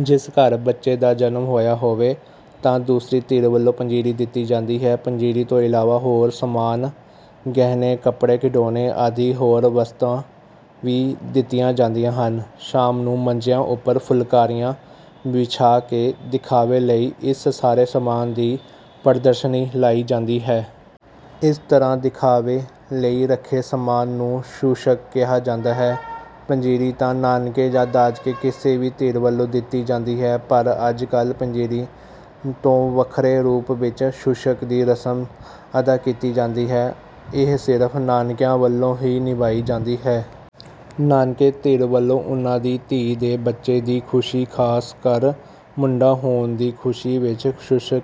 ਜਿਸ ਘਰ ਬੱਚੇ ਦਾ ਜਨਮ ਹੋਇਆ ਹੋਵੇ ਤਾਂ ਦੂਸਰੀ ਧਿਰ ਵੱਲੋਂ ਪੰਜੀਰੀ ਦਿੱਤੀ ਜਾਂਦੀ ਹੈ। ਪੰਜੀਰੀ ਤੋਂ ਇਲਾਵਾ ਹੋਰ ਸਾਮਾਨ ਗਹਿਣੇ ਕੱਪੜੇ ਖਿਡੌਣੇ ਆਦਿ ਹੋਰ ਵਸਤਾਂ ਵੀ ਦਿੱਤੀਆਂ ਜਾਂਦੀਆਂ ਹਨ। ਸ਼ਾਮ ਨੂੰ ਮੰਜਿਆਂ ਉੱਪਰ ਫੁਲਕਾਰੀਆਂ ਵਿਛਾ ਕੇ ਦਿਖਾਵੇ ਲਈ ਇਸ ਸਾਰੇ ਸਾਮਾਨ ਦੀ ਪ੍ਰਦਰਸ਼ਨੀ ਲਾਈ ਜਾਂਦੀ ਹੈ। ਇਸ ਤਰ੍ਹਾਂ ਦਿਖਾਵੇ ਲਈ ਰੱਖੇ ਸਾਮਾਨ ਨੂੰ ਸ਼ੂਸ਼ਕ ਕਿਹਾ ਜਾਂਦਾ ਹੈ। ਪੰਜੀਰੀ ਤਾਂ ਨਾਨਕੇ ਜਾਂ ਦਾਦਕੇ ਕਿਸੇ ਵੀ ਧਿਰ ਵੱਲੋਂ ਦਿੱਤੀ ਜਾਂਦੀ ਹੈ ਪਰ ਅੱਜ ਕੱਲ੍ਹ ਪੰਜੀਰੀ ਤੋਂ ਵੱਖਰੇ ਰੂਪ ਵਿੱਚ ਸ਼ੂਸ਼ਕ ਦੀ ਰਸਮ ਅਦਾ ਕੀਤੀ ਜਾਂਦੀ ਹੈ ਇਹ ਸਿਰਫ ਨਾਨਕਿਆਂ ਵੱਲੋਂ ਹੀ ਨਿਭਾਈ ਜਾਂਦੀ ਹੈ। ਨਾਨਕੇ ਧਿਰ ਵੱਲੋਂ ਉਨ੍ਹਾਂ ਦੀ ਧੀ ਦੇ ਬੱਚੇ ਦੀ ਖੁਸ਼ੀ ਖਾਸ ਕਰ ਮੁੰਡਾ ਹੋਣ ਦੀ ਖੁਸ਼ੀ ਵਿੱਚ ਸ਼ੂਸ਼ਕ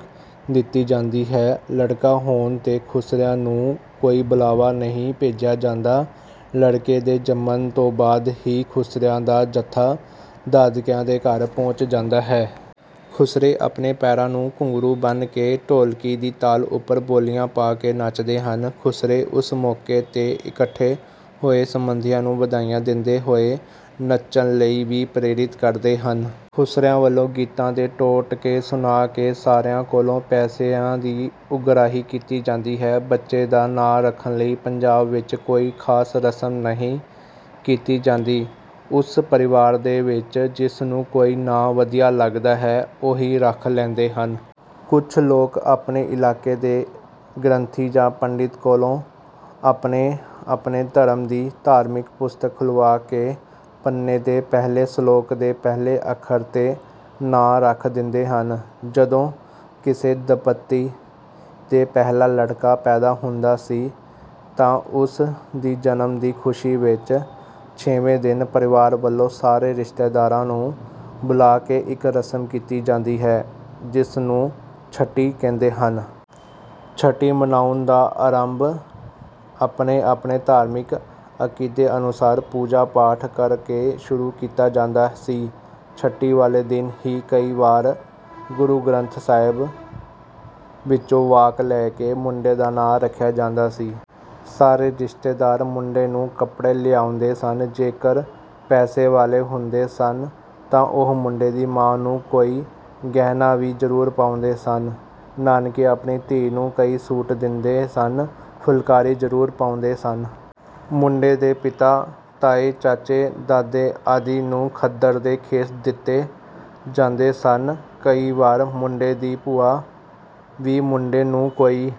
ਦਿੱਤੀ ਜਾਂਦੀ ਹੈ। ਲੜਕਾ ਹੋਣ ਤੇ ਖੁਸਰਿਆਂ ਨੂੰ ਕੋਈ ਬੁਲਾਵਾ ਨਹੀਂ ਭੇਜਿਆ ਜਾਂਦਾ। ਲੜਕੇ ਦੇ ਜੰਮਣ ਤੋਂ ਬਾਅਦ ਹੀ ਖੁਸਰਿਆਂ ਦਾ ਜਥਾ ਦਾਦਕਿਆਂ ਦੇ ਘਰ ਪਹੁੰਚ ਜਾਂਦਾ ਹੈ। ਖੁਸਰੇ ਆਪਣੇ ਪੈਰਾਂ ਨੂੰ ਘੁੰਗਰੂ ਬੰਨ੍ਹ ਕੇ ਢੋਲਕੀ ਦੀ ਤਾਲ ਉੱਪਰ ਬੋਲੀਆਂ ਪਾ ਕੇ ਨੱਚਦੇ ਹਨ। ਖੁਸਰੇ ਉਸ ਮੌਕੇ ਤੇ ਇਕੱਠੇ ਹੋਏ ਸੰਬੰਧੀਆਂ ਨੂੰ ਵਧਾਈਆਂ ਦਿੰਦੇ ਹੋਏ ਨੱਚਣ ਲਈ ਵੀ ਪ੍ਰੇਰਿਤ ਕਰਦੇ ਹਨ। ਖੁਸਰਿਆਂ ਵੱਲੋਂ ਗੀਤਾਂ ਦੇ ਟੋਟਕੇ ਸੁਣਾ ਕੇ ਸਾਰਿਆਂ ਕੋਲੋਂ ਪੈਸਿਆਂ ਦੀ ਉਗਰਾਹੀ ਕੀਤੀ ਜਾਂਦੀ ਹੈ। ਬੱਚੇ ਦਾ ਨਾਂ ਰੱਖਣ ਲਈ ਪੰਜਾਬ ਵਿੱਚ ਕੋਈ ਖਾਸ ਰਸਮ ਨਹੀਂ ਕੀਤੀ ਜਾਂਦੀ। ਉਸ ਪਰਿਵਾਰ ਵਿੱਚ ਜਿਸ ਨੂੰ ਕੋਈ ਨਾਂ ਵਧੀਆ ਲੱਗਦਾ ਹੈ ਉਹੀ ਰੱਖ ਲੈਂਦੇ ਹਨ। ਕੁੱਝ ਲੋਕ ਆਪਣੇ ਇਲਾਕੇ ਦੇ ਗ੍ਰੰਥੀ ਜਾਂ ਪੰਡਿਤ ਕੋਲੋਂ ਆਪਣੇ ਆਪਣੇ ਧਰਮ ਦੀ ਧਾਰਮਿਕ ਪੁਸਤਕ ਖੁਲ੍ਹਵਾ ਕੇ ਪੰਨੇ ਦੇ ਪਹਿਲੇ ਸਲੋਕ ਦੇ ਪਹਿਲੇ ਅੱਖਰ ਤੇ ਨਾਂ ਰੱਖ ਦਿੰਦੇ ਹਨ। ਜਦੋਂ ਕਿਸੇ ਦੰਪਤੀ ਦੇ ਪਹਿਲਾ ਲੜਕਾ ਪੈਦਾ ਹੁੰਦਾ ਸੀ ਤਾਂ ਉਸ ਦੀ ਜਨਮ ਦੀ ਖੁਸ਼ੀ ਵਿੱਚ ਛੇਵੇਂ ਦਿਨ ਪਰਿਵਾਰ ਵੱਲੋਂ ਸਾਰੇ ਰਿਸ਼ਤੇਦਾਰਾਂ ਨੂੰ ਬੁਲਾ ਕੇ ਇੱਕ ਰਸਮ ਕੀਤੀ ਜਾਂਦੀ ਹੈ ਜਿਸ ਨੂੰ ਛਟੀ ਕਹਿੰਦੇ ਹਨ। ਛਟੀ ਮਨਾਉਣ ਦਾ ਆਰੰਭ ਆਪਣੇ ਆਪਣੇ ਧਾਰਮਿਕ ਅਕੀਦੇ ਅਨੁਸਾਰ ਪੂਜਾ ਪਾਠ ਕਰ ਕੇ ਸ਼ੁਰੂ ਕੀਤਾ ਜਾਂਦਾ ਸੀ। ਛਟੀ ਵਾਲੇ ਦਿਨ ਹੀ ਕਈ ਵਾਰ ਗੁਰੂ ਗ੍ਰੰਥ ਸਾਹਿਬ ਵਿੱਚੋਂ ਵਾਕ ਲੈ ਕੇ ਮੁੰਡੇ ਦਾ ਨਾਂ ਰੱਖਿਆ ਜਾਂਦਾ ਸੀ। ਸਾਰੇ ਰਿਸ਼ਤੇਦਾਰ ਮੁੰਡੇ ਨੂੰ ਕੱਪੜੇ ਲਿਆਉਂਦੇ ਸਨ। ਜੇਕਰ ਪੈਸੇ ਵਾਲੇ ਹੁੰਦੇ ਸਨ ਤਾਂ ਉਹ ਮੁੰਡੇ ਦੀ ਮਾਂ ਨੂੰ ਕੋਈ ਗਹਿਣਾ ਵੀ ਜ਼ਰੂਰ ਪਾਉਂਦੇ ਸਨ। ਨਾਨਕੇ ਆਪਣੀ ਧੀ ਨੂੰ ਕਈ ਸੂਟ ਦਿੰਦੇ ਸਨ। ਫੁਲਕਾਰੀ ਜ਼ਰੂਰ ਪਾਉਂਦੇ ਸਨ। ਮੁੰਡੇ ਦੇ ਪਿਤਾ ਤਾਏ ਚਾਚੇ ਦਾਦੇ ਆਦਿ ਨੂੰ ਖੱਦਰ ਦੇ ਖੇਸ ਦਿੱਤੇ ਜਾਂਦੇ ਸਨ। ਕਈ ਵਾਰ ਮੁੰਡੇ ਦੀ ਭੂਆ ਵੀ ਮੁੰਡੇ ਨੂੰ ਕੋਈ